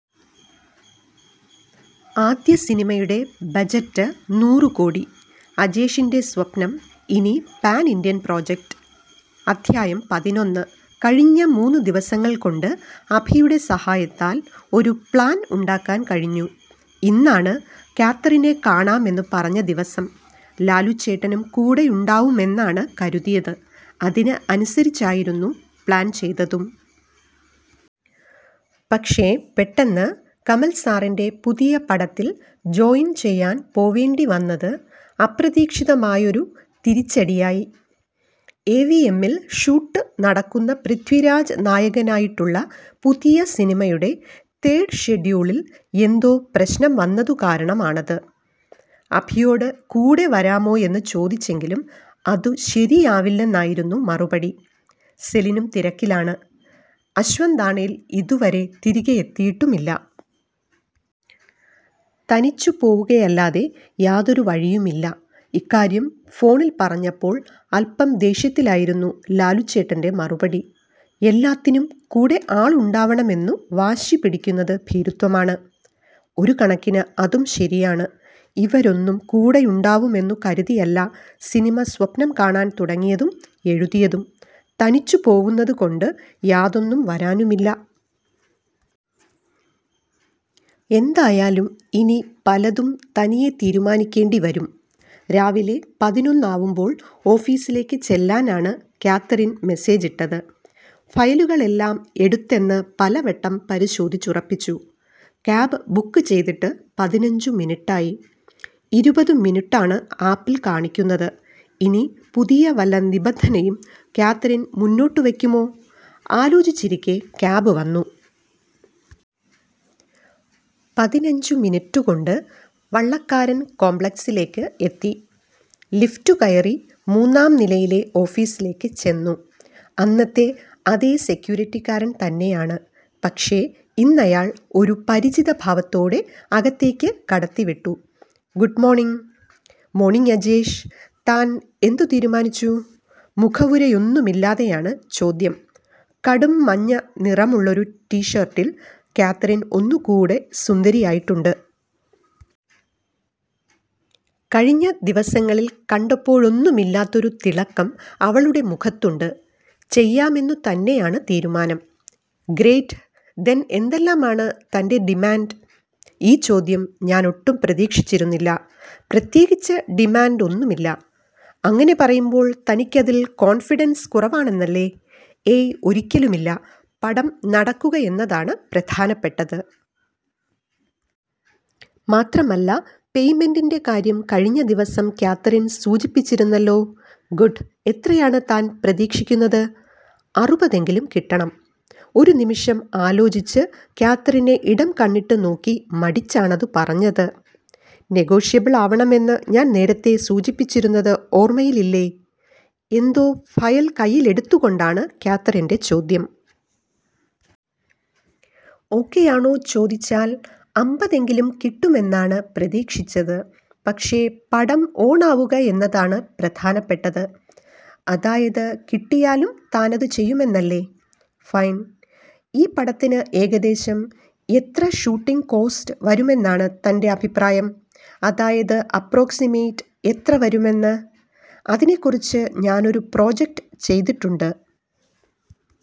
ആദ്യ സിനിമയുടെ ബജറ്റ് നൂറു കോടി, അജേഷിന്റെ സ്വപ്നം ഇനി പാൻ ഇന്ത്യൻ പ്രോജക്ട് അധ്യായം: പതിനൊന്ന് കഴിഞ്ഞ മൂന്നു ദിവസങ്ങൾകൊണ്ട്, അഭിയുടെ സഹായത്താൽ ഒരു പ്ലാൻ ഉണ്ടാക്കാൻ കഴിഞ്ഞു. ഇന്നാണ്, കാതറിനെ കാണാമെന്നു പറഞ്ഞ ദിവസം. ലാലുച്ചേട്ടനും കൂടെയുണ്ടാവുമെന്നാണ് കരുതിയത്. അതിന് അനുസരിച്ചായിരുന്നു പ്ലാൻ ചെയ്തതും. പക്ഷേ പെട്ടെന്ന്, കമൽസാറിന്റെ പുതിയ പടത്തിൽ ജോയിൻ ചെയ്യാൻ പോവേണ്ടി വന്നത് അപ്രതീക്ഷിതമായയൊരു തിരിച്ചടിയായി. എവിഎമ്മിൽ ഷൂട്ടുനടക്കുന്ന പൃഥ്വിരാജ് നായകനായിട്ടുള്ള പുതിയ സിനിമയുടെ തേർഡ് ഷെഡ്യൂളിൽ എന്തോ പ്രശ്നം വന്നതു കാരണമാണത്. അഭിയോട് കൂടെ വരാമോയെന്നു ചോദിച്ചെങ്കിലും അതു ശരിയാവില്ലെന്നായിരുന്നു മറുപടി. സെലിനും തിരക്കിലാണ്. അശ്വന്താണേൽ ഇതുവരെ തിരികെ എത്തിയിട്ടുമില്ല. തനിച്ചു പോവുകയല്ലാതെ യാതൊരു വഴിയുമില്ല. ഇക്കാര്യം ഫോണിൽ പറഞ്ഞപ്പോൾ അൽപ്പം ദേഷ്യത്തിലായിരുന്നു ലാലുച്ചേട്ടൻ്റെ മറുപടി. "എല്ലാത്തിനും കൂടെ ആളുണ്ടാവണമെന്നു വാശി പിടിക്കുന്നത് ഭീരുത്വമാണ്. " ഒരു കണക്കിന് അതും ശരിയാണ്. ഇവരൊന്നും കൂടെയുണ്ടാവുമെന്നു കരുതിയല്ല സിനിമ സ്വപ്നം കാണാൻ തുടങ്ങിയതും എഴുതിയതും. തനിച്ചു പോവുന്നതുകൊണ്ട് യാതൊന്നും വരാനുമില്ല. എന്തായാലും ഇനി പലതും തനിയെ തീരുമാനിക്കേണ്ടി വരും. രാവിലെ പതിനൊന്നാവുമ്പോൾ ഓഫീസിലേക്ക് ചെല്ലാനാണ് കാതറിൻ മെസേജിട്ടത്. ഫയലുകളെല്ലാം എടുത്തെന്ന് പലവട്ടം പരിശോധിച്ചുറപ്പിച്ചു. കാബ് ബുക്ക് ചെയ്തിട്ട് പതിനഞ്ചു മിനിറ്റായി. ഇരുപതു മിനുട്ടാണ് ആപ്പിൽ കാണിക്കുന്നത്. ഇനി പുതിയ വല്ല നിബന്ധനയും കാതറിൻ മുന്നോട്ടു വെക്കുമോ? ആലോചിച്ചിരിക്കെ കാബ് വന്നു. പതിനഞ്ചു മിനിറ്റുകൊണ്ട്, വള്ളക്കാരൻ കോംപ്ലക്സിലേക്ക് എത്തി. ലിഫ്റ്റുകയറി മൂന്നാം നിലയിലെ ഓഫീസിലേക്ക് ചെന്നു. അന്നത്തെ അതേ സെക്യൂരിറ്റിക്കാരൻ തന്നെയാണ്. പക്ഷേ, ഇന്നയാൾ ഒരു പരിചിത ഭാവത്തോടെ അകത്തേക്ക് കടത്തിവിട്ടു. "Good morning? " "മോണിംഗ് അജേഷ്. താൻ എന്തു തീരുമാനിച്ചു? " മുഖവുരയൊന്നുമില്ലാതെയാണ് ചോദ്യം. കടുംമഞ്ഞ നിറമുള്ളൊരു ടീഷർട്ടിൽ കാതറിൻ ഒന്നുകൂടെ സുന്ദരിയായിട്ടുണ്ട്. കഴിഞ്ഞ ദിവസങ്ങളിൽ കണ്ടപ്പോഴൊന്നുമില്ലാത്തൊരു തിളക്കം അവളുടെ മുഖത്തുണ്ട്. "ചെയ്യാമെന്നു തന്നെയാണ് തീരുമാനം" "ഗ്രേറ്റ്, ദെൻ എന്തെല്ലാമാണ് തന്റെ ഡിമാന്റ്? " ഈ ചോദ്യം ഞാനൊട്ടും പ്രതീക്ഷിച്ചിരുന്നില്ല. "പ്രത്യേകിച്ച് ഡിമാന്റ് ഒന്നുമില്ല" "അങ്ങനെ പറയുമ്പോൾ തനിക്കിതിൽ കോൺഫിഡൻസ് കുറവാണന്നല്ലേ? " "ഏയ്, ഒരിക്കലുമില്ല. പടം നടക്കുകയെന്നതാണ് പ്രധാനപ്പെട്ടത്. മാത്രമല്ല പേയ്മെന്റിന്റെ കാര്യം കഴിഞ്ഞ ദിവസം കാതറിൻ സൂചിപ്പിച്ചിരുന്നല്ലോ? " "ഗുഡ്. എത്രയാണ് താൻ പ്രതീക്ഷിക്കുന്നത്? " "അറുപതെങ്കിലും കിട്ടണം" ഒരുനിമിഷം ആലോചിച്ച്, കാതറിനെ ഇടംകണ്ണിട്ട് നോക്കി. മടിച്ചാണതു പറഞ്ഞത്. "നെഗോഷ്യബിളാവണമെന്നു ഞാൻ നേരത്തെ സൂചിപ്പിച്ചിരുന്നത് ഓർമയിലില്ലേ? " എന്തോ ഫയൽ കയ്യിലെടുത്തുകൊണ്ടാണ് കാതറിന്റെ ചോദ്യം. " "ഓകെയാണോ ചോദിച്ചാൽ, അമ്പതെങ്കിലും കിട്ടുമെന്നാണ് പ്രതീക്ഷിച്ചത്. പക്ഷേ പടം ഓണാവുകയെന്നതാണ് പ്രധാനപ്പെട്ടത്. " "അതായത്, കിട്ടിയാലും താനതു ചെയ്യുമെന്നല്ലേ? " "ഫൈൻ. ഈ പടത്തിന് ഏകദേശം എത്ര ഷൂട്ടിംഗ് കോസ്റ്റ് വരുമെന്നാണ് തന്റെ അഭിപ്രായം. അതായത് അപ്രോക്സിമേറ്റ് എത്ര വരുമെന്ന്? " "അതിനെക്കുറിച്ച് ഞാനൊരു പ്രോജക്ട് ചെയ്തിട്ടുണ്ട്.